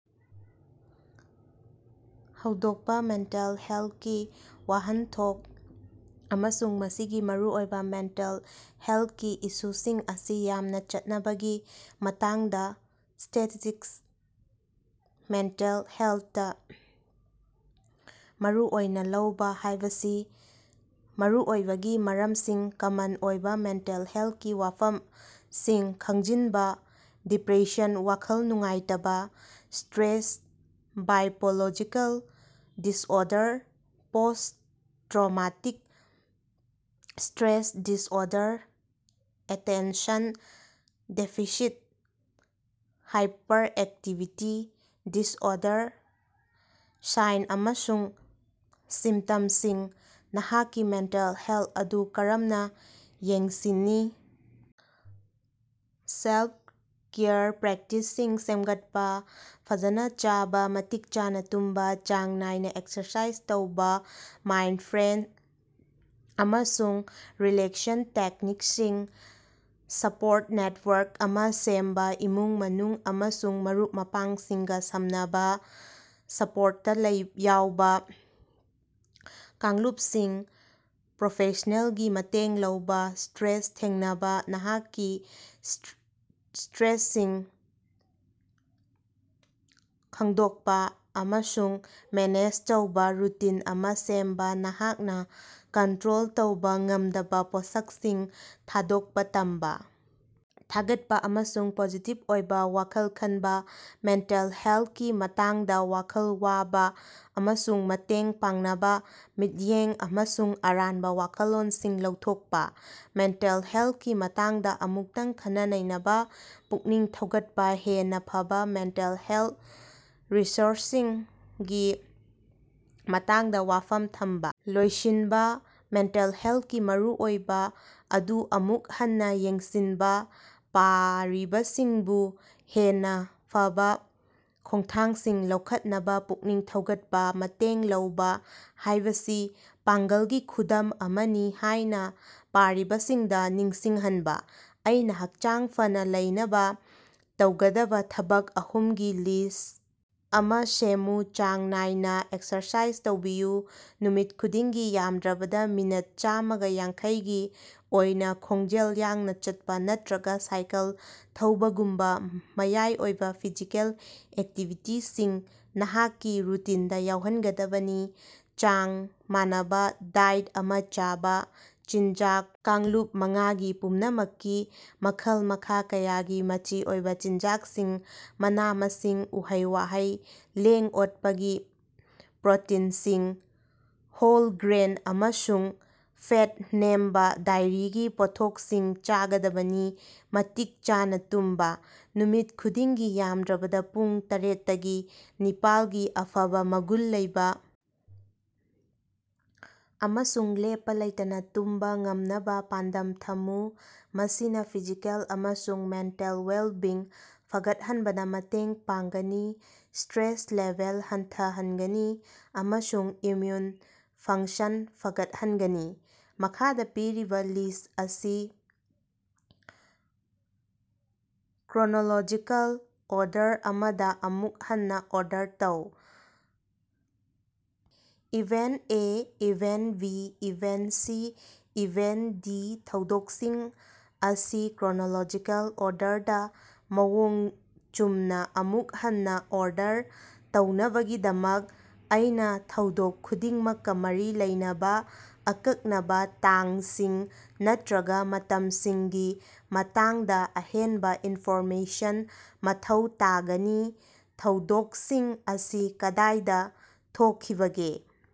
ꯍꯧꯗꯣꯛꯄ ꯃꯦꯟꯇꯦꯜ ꯍꯦꯂꯇꯀꯤ ꯋꯥꯍꯟꯊꯣꯛ ꯑꯃꯁꯨꯡ ꯃꯁꯤꯒꯤ ꯃꯔꯨꯑꯣꯏꯕ ꯃꯦꯟꯇꯦꯜ ꯍꯦꯂꯇꯀꯤ ꯏꯁꯨꯁꯤꯡ ꯑꯁꯤ ꯌꯥꯝꯅ ꯆꯠꯅꯕꯒꯤ ꯃꯇꯥꯡꯗ ꯁ꯭ꯇꯦꯇꯤꯁ꯭ꯇꯤꯛꯁ ꯃꯦꯟꯇꯦꯜ ꯍꯦꯂꯇꯇꯥ ꯃꯔꯨꯑꯣꯏꯅ ꯂꯧꯕ ꯍꯥꯏꯕꯁꯤ ꯃꯔꯨꯑꯣꯏꯕꯒꯤ ꯃꯔꯝꯁꯤꯡ ꯀꯃꯟ ꯑꯣꯏꯕ ꯃꯦꯟꯇꯦꯜ ꯍꯦꯂꯇꯀꯤ ꯋꯥꯐꯝꯁꯤꯡ ꯈꯪꯖꯤꯟꯕ, ꯗꯤꯄꯔꯦꯁꯟ, ꯋꯥꯈꯜ ꯅꯨꯡꯉꯥꯏꯇꯕ, ꯁ꯭ꯇꯔꯦꯁ, ꯕꯥꯏꯄꯣꯂꯣꯖꯤꯀꯦꯜ disorder, post traumatic stress disorder, attention deficit hyperactivity disorder, sign ꯑꯃꯁꯨꯡ ꯁꯤꯝꯇꯝꯁꯤꯡ, ꯅꯍꯥꯛꯀꯤ ꯃꯦꯟꯇꯦꯜ ꯍꯦꯂꯇ ꯑꯗꯨ ꯀꯔꯝꯅ ꯌꯦꯡꯁꯤꯅꯤ. ꯁꯦꯂꯇ-ꯀꯦꯌꯔ ꯄ꯭ꯔꯦꯛꯇꯤꯁꯁꯤꯡ ꯁꯦꯝꯒꯠꯄꯥ ꯐꯖꯅꯥ ꯆꯥꯕ ꯃꯇꯤꯛ ꯆꯥꯅ ꯇꯨꯝꯕꯥ ꯆꯥꯡ ꯅꯥꯏꯅꯥ ꯑꯦꯛꯁꯔꯁꯥꯏꯖ ꯇꯧꯕꯥ ꯃꯥꯏꯟꯗꯐ꯭ꯔꯦꯟꯗ ꯑꯃꯁꯨꯡ ꯔꯤꯂꯦꯛꯁꯟ ꯇꯦꯛꯅꯤꯛꯁꯤꯡ. ꯁꯄꯣꯔꯠ ꯅꯦꯇꯋꯥꯔꯛ ꯑꯃ ꯁꯦꯝꯕꯥ ꯏꯃꯨꯡ-ꯃꯅꯨꯡ ꯑꯃꯁꯨꯡ ꯃꯔꯨꯞ-ꯃꯄꯥꯡꯁꯤꯡꯒ ꯁꯝꯅꯕꯥ ꯁꯄꯣꯔꯇꯇꯥ ꯌꯥꯎꯕ꯫ ꯀꯥꯡꯂꯨꯞꯁꯤꯡ ꯄ꯭ꯔꯣꯐꯦꯁ꯭ꯅꯦꯜꯒꯤ ꯃꯇꯦꯡ ꯂꯧꯕ. ꯁ꯭ꯇꯔꯦꯁ ꯊꯦꯡꯅꯕꯥ ꯅꯍꯥꯛꯀꯤ ꯁ꯭ꯇꯔꯦꯁꯔꯁꯤꯡ ꯈꯪꯗꯣꯛꯄꯥ ꯑꯃꯁꯨꯡ ꯃꯦꯅꯦꯖ ꯇꯧꯕ ꯔꯨꯇꯤꯟ ꯑꯃ ꯁꯦꯝꯕꯥ ꯅꯍꯥꯛꯅ ꯀꯟꯇꯔꯣꯜ ꯇꯧꯕ ꯉꯝꯗꯕꯥ ꯄꯣꯠꯁꯛꯁꯤꯡ ꯊꯥꯗꯣꯛꯄ ꯇꯝꯕꯥ. ꯊꯥꯒꯠꯄ ꯑꯃꯁꯨꯡ ꯄꯣꯖꯤꯇꯤꯚ ꯑꯣꯏꯕ ꯋꯥꯈꯜ ꯈꯟꯕꯥ. ꯃꯦꯟꯇꯦꯜ ꯍꯦꯜꯇꯀꯤ ꯃꯇꯥꯡꯗ ꯋꯥꯈꯜ ꯋꯥꯕ ꯑꯃꯁꯨꯡ ꯃꯇꯦꯡ ꯄꯥꯡꯅꯕꯥ. ꯃꯤꯠꯌꯦꯡ ꯑꯃꯁꯨꯡ ꯑꯔꯥꯟꯕ ꯋꯥꯈꯜꯂꯣꯟꯁꯤꯡ ꯂꯧꯊꯣꯛꯄ. ꯃꯦꯟꯇꯦꯜ ꯍꯦꯜꯇꯀꯤ ꯃꯇꯥꯡꯗ ꯑꯃꯨꯛꯇꯪ ꯈꯟꯅ-ꯅꯩꯅꯕꯥ ꯄꯨꯛꯅꯤꯡ ꯊꯧꯒꯠꯄꯥ. ꯍꯦꯟꯅꯥ ꯐꯕꯥ ꯃꯦꯟꯇꯦꯜ ꯍꯦꯜꯇ ꯔꯤꯁꯣꯔꯁꯁꯤꯡꯒꯤ ꯃꯇꯥꯡꯗ ꯋꯥꯐꯝ ꯊꯝꯕꯥ. ꯂꯣꯏꯁꯤꯟꯕꯥ. ꯃꯦꯟꯇꯦꯜ ꯍꯦꯜꯇꯀꯤ ꯃꯔꯨꯑꯣꯏꯕ ꯑꯗꯨ ꯑꯃꯨꯛ ꯍꯟꯅꯥ ꯌꯦꯡꯁꯤꯟꯕ ꯄꯥꯔꯤꯕꯁꯤꯡꯕꯨ ꯍꯦꯟꯅꯥ ꯐꯕꯥ ꯈꯣꯡꯊꯥꯡꯁꯤꯡ ꯂꯧꯈꯠꯅꯕꯥ ꯄꯨꯛꯅꯤꯡ ꯊꯧꯒꯠꯄꯥ꯫ ꯃꯇꯦꯡ ꯂꯧꯕ ꯍꯥꯏꯕꯁꯤ ꯄꯥꯡꯒꯜꯒꯤ ꯈꯨꯗꯝ ꯑꯃꯅꯤ ꯍꯥꯏꯅꯥ ꯄꯥꯔꯤꯕꯁꯤꯡꯗꯥ ꯅꯤꯡꯁꯤꯡ ꯍꯟꯕꯥ꯫ ꯑꯩꯅꯥ ꯍꯛꯆꯥꯡ ꯐꯅꯥ ꯂꯩꯅꯕ ꯇꯧꯒꯗꯕꯥ ꯊꯕꯛ ꯑꯍꯨꯝꯒꯤ ꯂꯤꯁ꯭ꯠ ꯑꯃ ꯁꯦꯝꯃꯨ꯫ ꯆꯥꯡ ꯅꯥꯏꯅ ꯑꯦꯛꯁꯔꯁꯥꯏꯖ ꯇꯧꯕꯤꯌꯨ: ꯅꯨꯃꯤꯠ ꯈꯨꯗꯤꯡꯒꯤ ꯌꯥꯝꯗ꯭ꯔꯕꯗ ꯃꯤꯅꯠ ꯆꯥꯝꯃꯒ ꯌꯥꯡꯈꯩ ꯒꯤ ꯑꯣꯏꯅ ꯈꯣꯡꯖꯦꯜ ꯌꯥꯡꯅ ꯆꯠꯄꯥ ꯅꯠꯇꯔꯒ ꯁꯥꯏꯀꯜ ꯊꯧꯕꯒꯨꯝꯕꯥ ꯃꯌꯥꯏ ꯑꯣꯏꯕ ꯐꯤꯖꯤꯀꯦꯜ ꯑꯦꯛꯇꯤꯚꯤꯇꯤꯁꯤꯡ ꯅꯍꯥꯛꯀꯤ ꯔꯨꯇꯤꯟꯗꯥ ꯌꯥꯎꯍꯒꯗꯕꯅꯤ꯫ ꯆꯥꯡ ꯃꯥꯟꯅꯕ ꯗꯥꯏꯠ ꯑꯃ ꯆꯥꯕ: ꯆꯤꯟꯖꯥꯛ ꯀꯥꯡꯂꯨꯞ ꯃꯉꯥ ꯄꯨꯝꯅꯃꯛꯀꯤ ꯃꯈꯜ-ꯃꯈꯥ ꯀꯌꯥꯒꯤ ꯃꯆꯤ ꯑꯣꯏꯕꯥ ꯆꯤꯟꯖꯥꯛꯁꯤꯡ ꯃꯅꯥ-ꯃꯁꯤꯡ, ꯎꯍꯩ-ꯋꯥꯍꯩ, ꯂꯦꯡ-ꯑꯣꯠꯄꯒꯤ ꯄ꯭ꯔꯣꯇꯤꯟꯁꯤꯡ, ꯍꯣꯜ ꯒ꯭ꯔꯦꯟ, ꯑꯃꯁꯨꯡ ꯐꯦꯠ ꯅꯦꯝꯕꯥ ꯗꯥꯏꯔꯤꯒꯤ ꯄꯣꯠꯊꯣꯛꯁꯤꯡ ꯆꯥꯒꯗꯕꯅꯤ꯫ ꯃꯇꯤꯛ ꯆꯥꯅ ꯇꯨꯝꯕꯥ: ꯅꯨꯃꯤꯠ ꯈꯨꯗꯤꯡꯒꯤ ꯌꯥꯝꯗ꯭ꯔꯕꯗ ꯄꯨꯡ ꯇꯔꯦꯠꯇꯒꯤ ꯅꯤꯄꯥꯟ ꯒꯤ ꯑꯐꯕꯥ ꯃꯒꯨꯟ ꯂꯩꯕ ꯑꯃꯁꯨꯡ ꯂꯦꯞꯄꯥ ꯂꯩꯇꯅꯥ ꯇꯨꯝꯕꯥ ꯉꯝꯅꯕꯥ ꯄꯥꯟꯗꯝ ꯊꯝꯃꯨ꯫ ꯃꯁꯤꯅꯥ ꯐꯤꯖꯤꯀꯦꯜ ꯑꯃꯁꯨꯡ ꯃꯦꯟꯇꯦꯜ ꯋꯦꯜꯕꯤꯡ ꯐꯒꯠꯍꯟꯕꯗꯥ ꯃꯇꯦꯡ ꯄꯥꯡꯒꯅꯤ, ꯁ꯭ꯇꯔꯦꯁ ꯂꯦꯚꯦꯜ ꯍꯟꯊꯍꯟꯒꯅꯤ ꯑꯃꯁꯨꯡ ꯏꯝꯃꯌꯨꯟ ꯐꯪꯁꯟ ꯍꯦꯒꯠꯍꯟꯒꯅꯤ꯫ ꯃꯈꯥꯗ ꯄꯤꯔꯤꯕꯥ ꯂꯤꯁ ꯑꯁꯤ ꯀ꯭ꯔꯣꯅꯣꯂꯣꯖꯤꯀꯦꯜ ꯑꯣꯔꯗꯔ ꯑꯃꯗ ꯑꯃꯨꯛ ꯍꯟꯅꯥ ꯑꯣꯔꯗꯔ ꯇꯧ꯫ Event A, event B, event C, event D ꯊꯧꯗꯣꯛꯁꯤꯡ ꯑꯁꯤ ꯀ꯭ꯔꯣꯅꯣꯂꯣꯖꯤꯀꯦꯜ ꯑꯣꯔꯗꯔꯗꯥ ꯃꯑꯣꯡ ꯆꯨꯝꯅꯥ ꯑꯃꯨꯛ ꯍꯟꯅꯥ ꯑꯣꯔꯗꯔ ꯇꯧꯅꯕꯒꯤꯗꯃꯛ, ꯑꯩꯅ ꯊꯧꯗꯣꯛ ꯈꯨꯗꯤꯡꯃꯛꯀꯥ ꯃꯔꯤ ꯂꯩꯅꯕ ꯑꯀꯛꯅꯕꯥ ꯇꯥꯡꯁꯤꯡ ꯅꯠꯇꯔꯒꯥ ꯃꯇꯝꯁꯤꯡꯒꯤ ꯃꯇꯥꯡꯗ ꯑꯍꯦꯟꯕꯥ ꯏꯟꯐꯣꯔꯃꯦꯁꯟ ꯃꯊꯧ ꯇꯥꯒꯅꯤ꯫ ꯊꯧꯗꯣꯛꯁꯤꯡ ꯑꯁꯤ ꯀꯗꯥꯏꯗ ꯊꯣꯛꯈꯤꯕꯒꯦ?